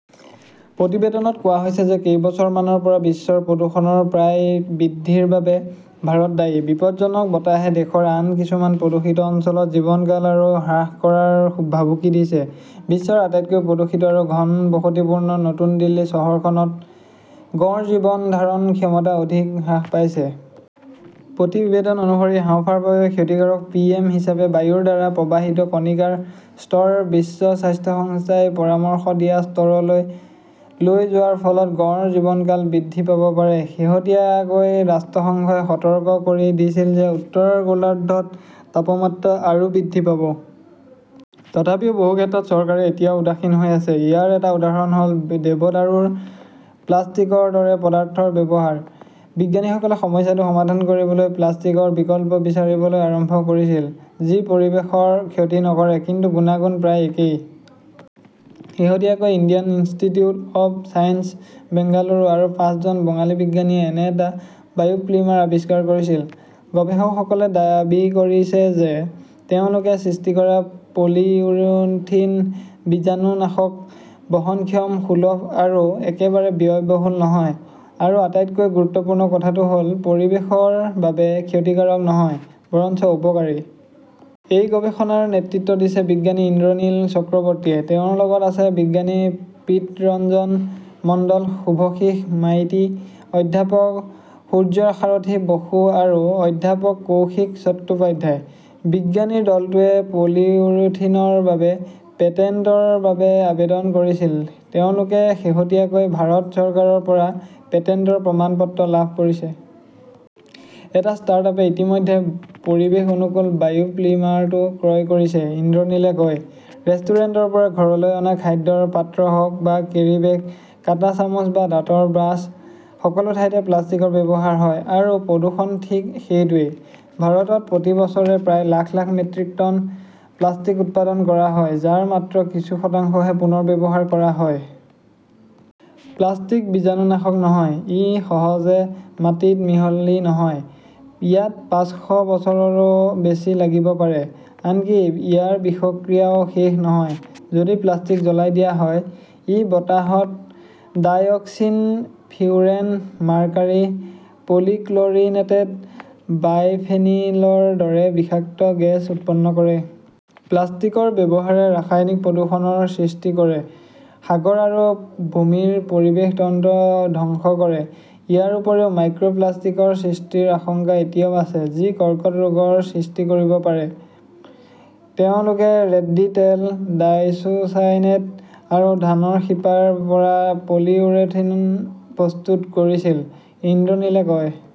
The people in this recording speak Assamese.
প্ৰতিবেদনত কোৱা হৈছে যে কেইবছৰমানৰ পৰা বিশ্বৰ প্ৰদূষণৰ প্ৰায় বৃদ্ধিৰ বাবে ভাৰত দায়ী। বিপদজনক বতাহে দেশৰ আন কিছুমান প্ৰদূষিত অঞ্চলত জীৱনকাল আৰু হ্ৰাস কৰাৰ ভাবুকি দিছে। বিশ্বৰ আটাইতকৈ প্ৰদূষিত আৰু ঘনবসতিপূৰ্ণ নতুন দিল্লী চহৰখনত গড় জীৱন ধাৰণ ক্ষমতা অধিক হ্ৰাস পাইছে। প্ৰতিবেদন অনুসৰি, হাঁওফাঁওৰ বাবে ক্ষতিকাৰক পি.এম. হিচাপে বায়ুৰ দ্বাৰা প্ৰবাহিত কণিকাৰ স্তৰ বিশ্ব স্বাস্থ্য সংস্থাই পৰামৰ্শ দিয়া স্তৰলৈ লৈ যোৱাৰ ফলত গড় জীৱনকাল বৃদ্ধি পাব পাৰে। শেহতীয়াকৈ ৰাষ্ট্ৰসংঘই সতৰ্ক কৰি দিছিল যে উত্তৰ গোলাৰ্ধত তাপমাত্ৰা আৰু বৃদ্ধি পাব। তথাপিও বহু ক্ষেত্ৰত চৰকাৰে এতিয়াও উদাসীন হৈ আছে। ইয়াৰ এটা উদাহৰণ হ'ল দেৱদাৰুৰ প্লাষ্টিকৰ দৰে পদাৰ্থৰ ব্যৱহাৰ। বিজ্ঞানীসকলে সমস্যাটো সমাধান কৰিবলৈ প্লাষ্টিকৰ বিকল্প বিচাৰিবলৈ আৰম্ভ কৰিছিল, যি পৰিৱেশৰ ক্ষতি নকৰে, কিন্তু গুণাগুণ প্ৰায় একেই। শেহতীয়াকৈ Indian Institute of Science, Bengaluru আৰু পাঁচজন বঙালী বিজ্ঞানীয়ে এনে এটা বায়োপ্লিমাৰ আৱিষ্কাৰ কৰিছিল। গৱেষকসকলে দাবী কৰিছে যে তেওঁলোকে সৃষ্টি কৰা পলিইউৰোথিন জীৱাণুনাশক, বহনক্ষম, সুলভ আৰু একেবাৰে ব্যয়বহুল নহয়। আৰু আটাইতকৈ গুৰুত্বপূৰ্ণ কথাটো হ'ল, পৰিৱেশৰ বাবে ক্ষতিকাৰক নহয়, বৰঞ্চ উপকাৰী। এই গৱেষণাৰ নেতৃত্ব দিছে বিজ্ঞানী ইন্দ্ৰনীল চক্ৰৱৰ্তীয়ে। তেওঁৰ লগত আছে বিজ্ঞানী প্ৰীতৰঞ্জন মণ্ডল, শুভশীষ মাইতি, অধ্যাপক সূৰ্যসাৰথী বসু আৰু অধ্যাপক কৌশিক চট্টোপাধ্যায়। বিজ্ঞানীৰ দলটোৱে পলিউৰোথিনৰ বাবে পেটেণ্টৰ বাবে আবেদন কৰিছিল। তেওঁলোকে শেহতীয়াকৈ ভাৰত চৰকাৰৰ পৰা পেটেণ্টৰ প্ৰমাণপত্ৰ লাভ কৰিছে। এটা ষ্টাৰ্টআপে ইতিমধ্যে পৰিৱেশ-অনুকূল বায়োপ্লিমাৰটো ক্ৰয় কৰিছে, ইন্দ্ৰনীলে কয়। ৰেষ্টুৰেণ্টৰ পৰা ঘৰলৈ অনা খাদ্যৰ পাত্ৰ হওক বা কেৰীবেগ, কাঁটা চামুচ বা দাঁতৰ ব্ৰাছ, সকলো ঠাইতে প্লাষ্টিকৰ ব্যৱহাৰ হয়। আৰু প্ৰদূষণ ঠিক সেইটোৱেই। ভাৰতত প্ৰতি বছৰে প্ৰায় lakh lakh metric tonne plastic উৎপাদন কৰা হয়, যাৰ মাত্ৰ কিছু শতাংশহে পুনৰ্ব্যৱহাৰ কৰা হয়। প্লাষ্টিক বীজাণুনাশক নহয়। ই সহজে মাটিত মিহলি নহয়, ইয়াত পাঁচশ বছৰৰো‌ বেছি লাগিব পাৰে। আনকি ইয়াৰ বিষক্ৰিয়াও শেষ নহয়। যদি প্লাষ্টিক জ্বলাই দিয়া হয়, ই বতাহত ডাইঅক্সিন, ফিউৰেন, মাৰ্কাৰী, পলিক্লৰিনেটেড বাইফেনিলৰ দৰে বিষাক্ত গেছ উৎপন্ন কৰে। প্লাষ্টিকৰ ব্যৱহাৰে ৰাসায়নিক প্ৰদূষণৰ সৃষ্টি কৰে, সাগৰ আৰু ভূমিৰ পৰিৱেশ তন্ত্ৰ ধ্বংস কৰে, ইয়াৰ উপৰিও মাইক্ৰপ্লাষ্টিকৰ সৃষ্টিৰ আশংকা এতিয়াও আছে, যি কৰ্কট ৰোগৰ সৃষ্টি কৰিব পাৰে। তেওঁলোকে ৰেড্ডী তেল, ডাইচোচাইনেট আৰু ধানৰ শিপাৰ পৰা পলিইউৰোথিন প্ৰস্তুত কৰিছিল, ইন্দ্ৰনীলে কয়।